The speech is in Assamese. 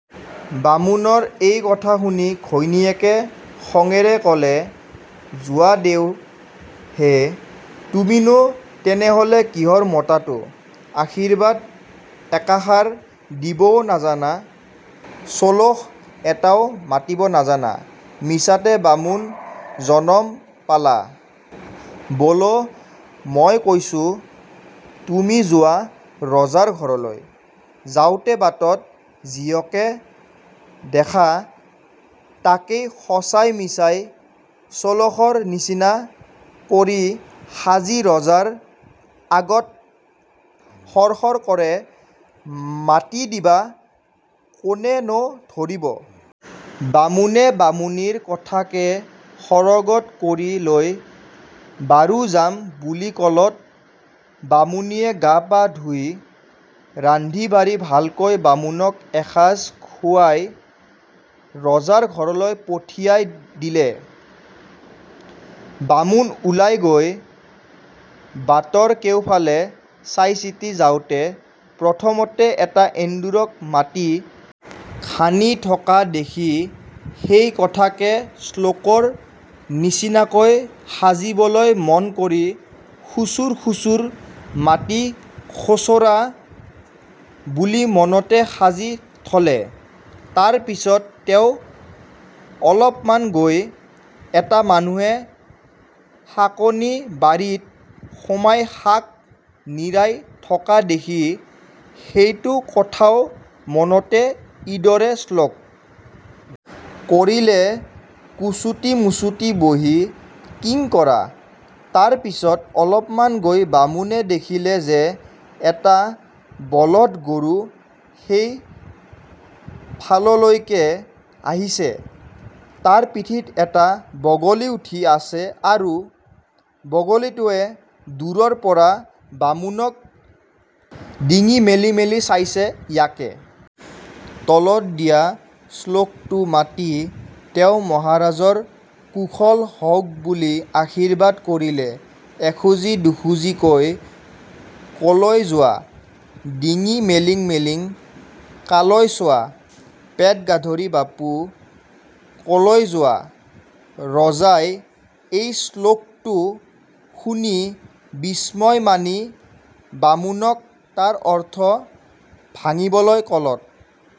" বামুণৰ এই কথা শুনি ঘৈণীয়েকে খঙেৰে ক'লে, "যোৱা দেও হে, তুমি নো তেনেহ'লে কিহৰ মতাটো? আৰ্শীব্বাদ একাষাৰ দিবও নাজানা, চোলোখ এটাও মাতিব নাজানা, মিছাতে বামুণ জনম পালা৷বোলোঁ, মই কৈছোঁ তুমি যোৱাঁ ৰজাৰ ঘৰলৈ; যাওঁতে বাটত যিহকে দেখা তাকেই সঁচাই মিছাই চোলোখৰ নিচিনা কৰি সাজি ৰজাৰ আগত সৰসৰ কৰে মাতি দিবা কোনে নো ধৰিব? " বামুণে বামুণীৰ কথাকে সাৰোগত কৰি লৈ "বাৰু যাম" বুলি ক'লত, বামুণীয়ে গা-পা ধুই ৰান্ধি-বাঢ়ি ভালকৈ বামুণক এসাজ খুৱাই ৰজাৰ ঘৰলৈ পঠিয়াই দিলে৷ বামুণ ওলাই গৈ বাটৰ কেউফালে চাই-চিতি যাওঁতে, প্ৰথমতে এটা এন্দুৰক মাটি খানি থকা দেখি সেই কথাকে শ্লোকৰ নিচিনাকৈ সাজিবলৈ মন কৰি "খুচুৰ-খুচুৰ মাটি খোচোৰা:" বুলি মনতে সাজি থলে৷তাৰ পিছত তেওঁ অলপমান গৈ, এটা মানুহে শাকনি-বাৰীত সোমাই শাক নিৰাই থকা দেখি সেইটো কথাও মনতে ইদৰে শ্লোক কৰিলে,- "কুচুটি-মুচুটি বহি কিং কৰা:"৷ তাৰ পিছত অলপমান গৈ বামুণে দেখিলে যে এটা বলদ গৰু সেই ফাললৈকে আহিছে; তাৰ পিঠিত এটা বগলী উঠি আছে আৰু বগলীটোৱে দূৰৰপৰা বামুণক ডিঙি মেলি মেলি চাইছে৷ ইয়াকে তলত দিয়া "শ্লোকটো" মাতি তেওঁ "মহাৰাজৰ কুশল হওক"বুলি আৰ্শীব্বাদ কৰিলে,- এখুজি দুখুজিকৈ ক'লৈ যোৱা:৷ ডিঙি মেলিং মেলিং কালৈ চোৱা:৷৷ পেট-গাধৰি বাপু ক'লৈ যোৱা:৷৷" ৰজাই এই "শ্লোক"টো শুনি বিস্ময় মানি বামুণক তাৰ অৰ্থ ভাঙিবলৈ ক'লত